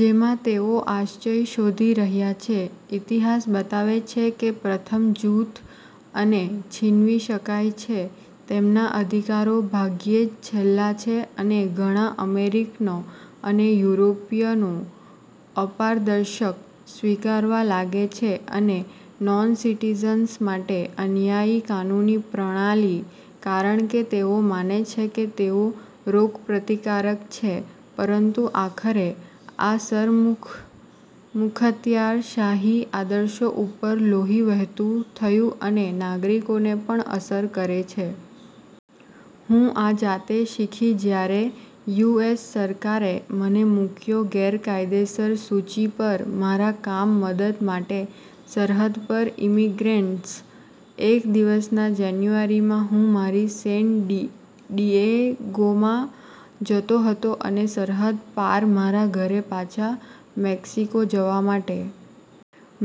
જેમાં તેઓ આશ્રય શોધી રહ્યા છે. ઇતિહાસ બતાવે છે કે પ્રથમ જૂથ અને છીનવી શકાય છે તેમના અધિકારો ભાગ્યે જ છેલ્લા છે અને ઘણા અમેરિકનો અને યુરોપિયનો અપારદર્શક સ્વીકારવા લાગે છે અને નોનસિટીઝન્સ માટે અન્યાયી કાનૂની પ્રણાલી, કારણ કે તેઓ માને છે કે તેઓ રોગપ્રતિકારક છે, પરંતુ આખરે આ સરમુખત્યારશાહી આદર્શો ઉપર લોહી વહેતું થયું અને નાગરિકોને પણ અસર કરે છે. હું આ જાતે શીખી જ્યારે યુ. એસ. સરકારે મને મૂક્યો ગેરકાયદેસર સૂચિ પર મારા કામ મદદ માટે સરહદ પર ઇમિગ્રન્ટ્સ. એક દિવસ ના જાન્યુઆરીમાં હું મારી સેન ડિએગોમાં જતો હતો અને સરહદ પાર મારા ઘરે પાછા મેક્સિકો જવા માટે.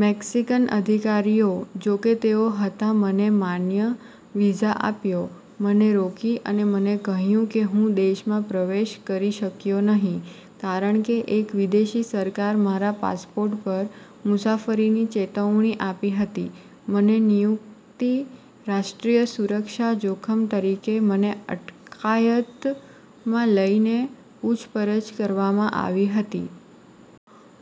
મેક્સીકન અધિકારીઓ, જોકે તેઓ હતા મને માન્ય વીઝા આપ્યો, મને રોકી અને મને કહ્યું કે હું દેશમાં પ્રવેશ કરી શક્યો નહીં ,કારણ કે એક વિદેશી સરકાર મારા પાસપોર્ટ પર મુસાફરીની ચેતવણી આપી હતી, મને નિયુક્તિ રાષ્ટ્રીય સુરક્ષા જોખમ તરીકે મને અટકાયતમાં લઇને પૂછપરછ કરવામાં આવી હતી.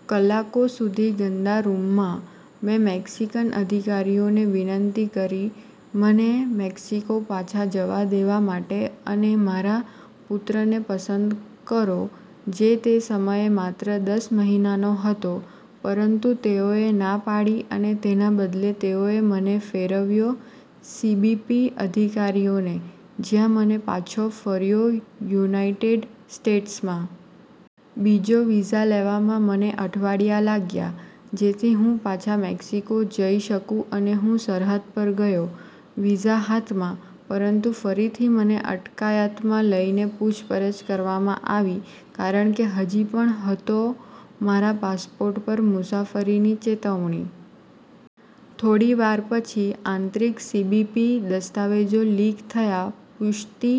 કલાકો સુધી ગંદા રૂમમાં. મેં મેક્સીકન અધિકારીઓને વિનંતી કરી મને મેક્સિકો પાછા જવા દેવા માટે અને મારા પુત્રને પસંદ કરો, જે તે સમયે માત્ર દસ મહિનાનો હતો, પરંતુ તેઓએ ના પાડી અને તેના બદલે તેઓએ મને ફેરવ્યો સીબીપી અધિકારીઓને, જ્યાં મને પાછો ફર્યો યુનાઇટેડ સ્ટેટ્સમાં. બીજો વિઝા લેવામાં મને અઠવાડિયા લાગ્યાં, જેથી હું પાછા મેક્સિકો જઈ શકું અને હું સરહદ પર ગયો. વિઝા હાથમાં, પરંતુ ફરીથી મને અટકાયતમાં લઇને પૂછપરછ કરવામાં આવી કારણ કે હજી પણ હતો મારા પાસપોર્ટ પર મુસાફરીની ચેતવણી. થોડી વાર પછી, આંતરિક સીબીપી દસ્તાવેજો લીક થયા પુષ્ટિ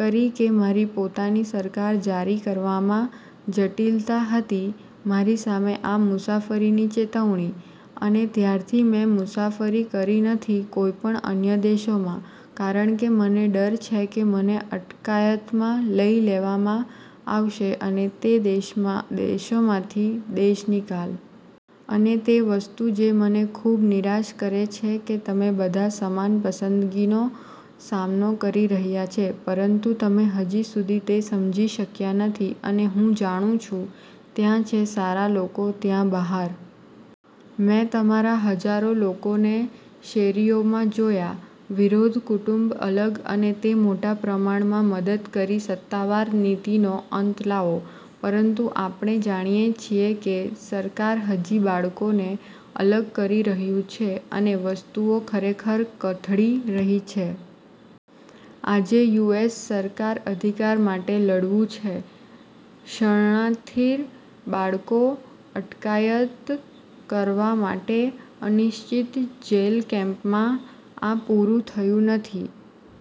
કરી કે મારી પોતાની સરકાર જારી કરવામાં જટિલતા હતી મારી સામે આ મુસાફરીની ચેતવણી. અને ત્યારથી મેં મુસાફરી કરી નથી કોઈપણ અન્ય દેશોમાં, કારણ કે મને ડર છે કે મને અટકાયતમાં લઇ લેવામાં આવશે અને તે દેશોમાંથી દેશનિકાલ. અને તે વસ્તુ જે મને ખૂબ નિરાશ કરે છે કે તમે બધા સમાન પસંદગીનો સામનો કરી રહ્યા છે, પરંતુ તમે હજી સુધી તે સમજી શક્યા નથી અને હું જાણું છું, ત્યાં છે સારા લોકો ત્યાં બહાર. મેં તમારા હજારો લોકોને શેરીઓમાં જોયા, વિરોધ કુટુંબ અલગ અને તે મોટા પ્રમાણમાં મદદ કરી સત્તાવાર નીતિનો અંત લાવો, પરંતુ આપણે જાણીએ છીએ કે સરકાર હજી બાળકોને અલગ કરી રહ્યું છે અને વસ્તુઓ ખરેખર કથળી રહી છે. આજે, યુ. એસ. સરકાર અધિકાર માટે લડવું છે. શરણાર્થી બાળકો અટકાયત કરવા માટે અનિશ્ચિત જેલ કેમ્પમાં. આ પૂરું થયું નથી.